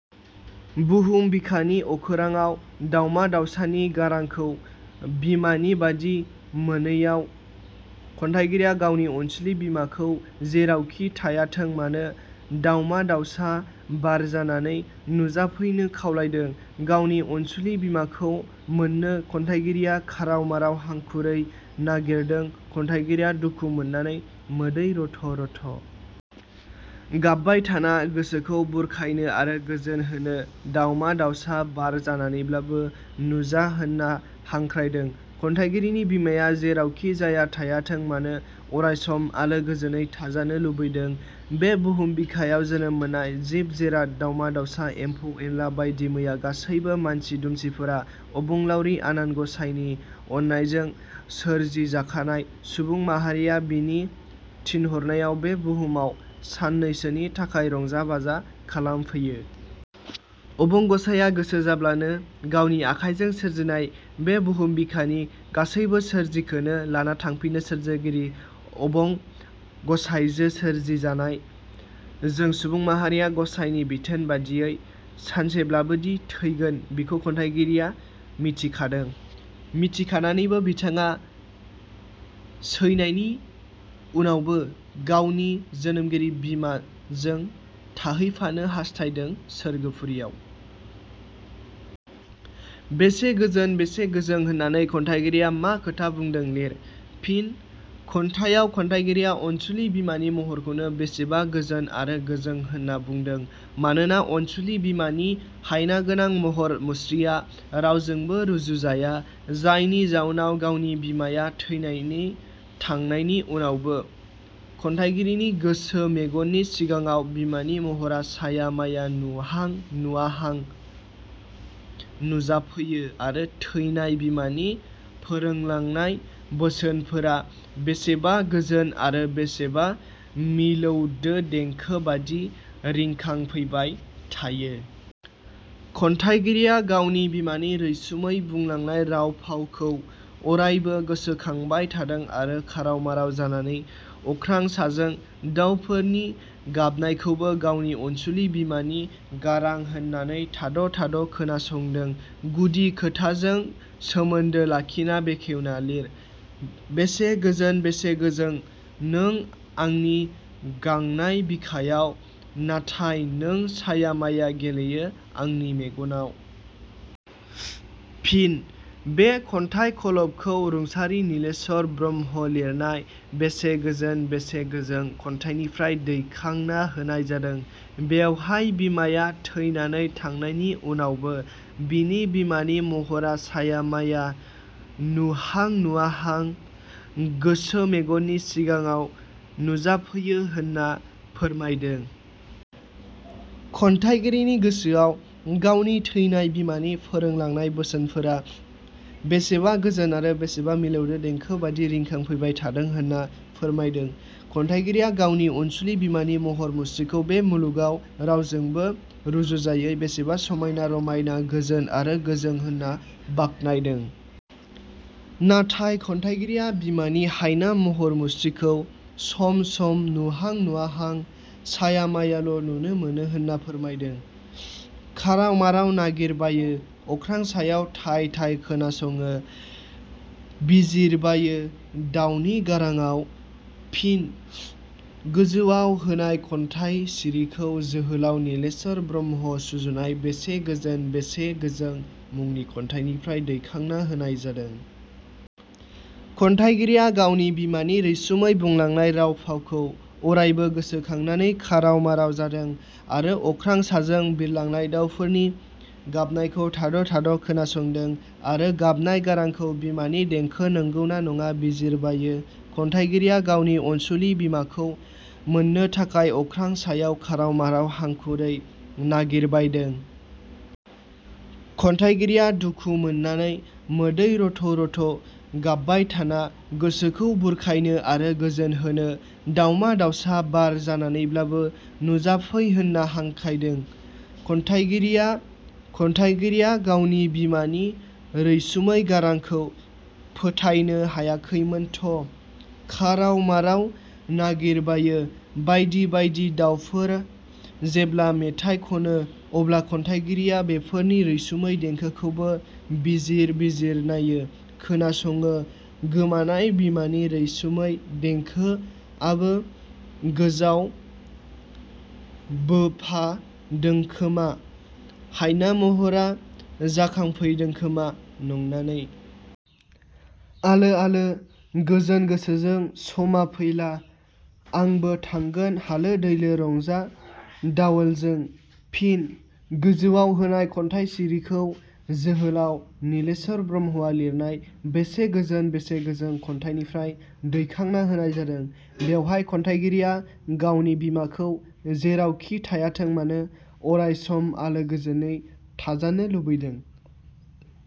बुहुम बिखानि अखोराङाव दावमा दावसानि गारांखौ बिमानिबादि मोनैयाव खन्थाइगिरिया गावनि अनसुलि बिमाखौ जेरावखि थायाथों मानो दावमा दावसा बार जानानै नुजाफैनो खावलायदों। गावनि अनसुलि बिमाखौ मोननो खन्थाइगिरिया खाराव माराव हांखुरै नागिरदों खन्थाइगिरिया दुखु मोननानै मोदै रथ' रथ'। गाबबाय थाना गोसोखौ बुरखायनो आरो गोजोन होनो दावमा दावसा बार जानानैब्लाबो नुजा होनना हांख्रायदों। खन्थाइगिरिनि बिमाया जेरावखि जाया थायाथों मानो अरायसम आलो गोजोनै थाजानो लुबैदों। बे बुहुम बिखायाव जोनोम मोननाय जिब-जिराद, दावमा दाउसा, एम्फौ-एनला बायदि मैया गासैबो मानसि दुमसिफोरा अबंलाउरि आनान गसाइनि अननायजों सोरजि जाखानाय सुबुं माहारिया बिनि थिनहरनायाव बे बुहुमाव साननैसोनि थाखाय रंजा-बाजा खालामफैयो। अबं गसाइया गोसो जाब्लोनो गावनि आखायजों सोरजिनाय बे बुहुम बिखानि गासैबो सोरजिखोनो लाना थांफिनो सोरजिगिरि अबं गसाइजो सोरजिजानाय जों सुबुं माहारिया गसाइनि बिथोन बादियै सानसेब्लाबोदि थैगोन बिखौ खन्थाइगिरिया मिथिखादों। मिथिखानानैनो बिथाङा सैनायनि उनावबो गावनि जोनोमगिरि बिमाजों थाहैफानो हास्थायदों सोरगोफुरियाव। 'बेसे गोजोन बेसे गोजों होननानै खन्थाइगिरिया मा खोथा बुंदों लिर। फिनः खन्थाइयाव खन्थाइगिरिया अनसुलि बिमानि महरखौनो बेसेबा गोजोन आरो गोजों होनना बुंदों। मानोना अनसुलि बिमानि हायना गोनां महर मुस्रिया रावजोंबो रुजुजाया जायनि जाउनाव गावनि बिमाया थैनानै थांनायनि उनावबो खन्थाइगिरिनि गोसो मेगननि सिगाङाव बिमानि महरा साया माया नुहां- नुवाहां नुजाफैयो आरो थैनाय बिमानि फोरोंलांनाय बोसोनफोरा बेसेबा गोजोन आरो बेसेबा मिलौदोदेंखो बादि रिखांफैबाय थायो। खन्थाइगिरिया गावनि बिमानि रैसुमै बुंलांनाय राव-फावखौ अरायबो गोसोखांबाय थादों आरो खाराव माराव जानानै अख्रां साजों दावफोरनि गाबनायखौबो गावनि अनसुलि बिमानि गारां होननानै थाद' थाद' खोनासंदों। गुदि खोथाजों सोमोन्दो लाखिना बेखेवना लिर। "बेसे गोजोन बेसे गोजों नों आंनि गांनाय बिखायाव, नाथाय नों साया माया गेलेयोल' आंनि मेगनाव। " फिन: बे खन्थाइ खलबखौ रुंसारि नीलेश्वर ब्रह्मवा लिरनाय 'बेसे गोजोन, बेसे गोजों खन्थाइनिफ्राय दैखांना होनाय जादों। बेवहाय, बिमाया थैनानै थांनायनि उनावबो बिनि बिमानि महरा साया माया नुहां- नुवाहां गोसो मेगननि सिगाङाव नुजाफैयो होनना फोरमायदों। खन्थाइगिरिनि गोसोआव गावनि थैनाय बिमानि फोरोंलांनाय बोसोनफोरा बेसेबा गोजोन आरो बेसेबा मिलौदो देंखो बादि रिंखां फैबाय थादों होनना फोरमायदों। खन्थाइगिरिया गावनि अनसुलि बिमानि महर मुस्रिखौ बे मुलुगाव रावजोंबो रुजुजायै बेसेबा समायना- रमायना गोजोन आरो गोजों होना बाखनायदों। नाथाय खन्थाइगिरिया बिमानि हायना महर मुस्रिखौ सम सम नुहां- नुवाहां, साया मायाल' नुनो मोनो होनना फोरमायदों। "खाराव माराव नागिर बायो अख्रां सायाव थाय थाय खोनासङो बिजिरबायो दावनि गाराङाव! " फिन: गोजौवाव होनाय खन्थाइसिरिखौ जोहोलाउ नीलेश्वर ब्रह्मवा सुजुनाय 'बेसे गोजोन बेसे गोजों मुंनि खन्थाइनिफ्राय दैखांना होनाय जादों। ' खन्थाइगिरिया गावनि बिमानि रैसुमै बुंलांनाय राव-फावखौ अरायबो गोसोखांनानै खाराव माराव जादों आरो अख्रां साजों बिरलांनाय दावफोरनि गाबनायखौ थाद' थाद' खोनासंदों आरो गाबनाय गारांखौ बिमानि देंखो नंगौना नङा बिजिरबायो। खन्थाइगिरिया गावनि अनसुलि बिमाखौ मोननो थाखाय अख्रां सायाव खाराव-माराव हांखुरै नागिरबायदों। खन्थाइगिरिया दुखु मोननानै मोदै रथ' रथ' गाबबा थानाय गोसोखौ बुरखायनो आरो गोजोनहोनो दावमा दावसा बार जानानैब्लाबो नुजाफै होनना हांखायदों। खन्थाइगिरिया गावनि बिमानि रैसुमै गारांखौ फोथायनो हायैखायनोथ' खाराव माराव नागिरबायो। बायदि बायदि दाउफोरा जेब्ला मेथाइ खनो, अब्ला खन्थाइगिरिया बेफोरनि रैसुमै देंखोखौबो बिजिर बिजिरनायो, खोनासङो गोमानाय बिमानि रेसुमै देंखो आबो गोजाव बोफादोंखोमा, हायना महरा जाखांफैदोंखोमा नंनानै। आलो आलो गोजोन गोसोजों, समा फैला आंबो थांगोन हालो दैलो रंजा दावलजों। " फिन: गोजौवाव होनाय खन्थाइसिरिखौ जोहोलाउ नीलेश्वर ब्रह्मवा लिरनाय 'बेसे गोजोन बेसे गोजों' खन्थाइनिफ्राय दैखांना होनाय जादों। बेवहाय, खन्थाइगिरिया गावनि बिमाखौ जेरावखि थायाथोंमानो अरायसम आलो गोजोनै थाजानो लुबैदों।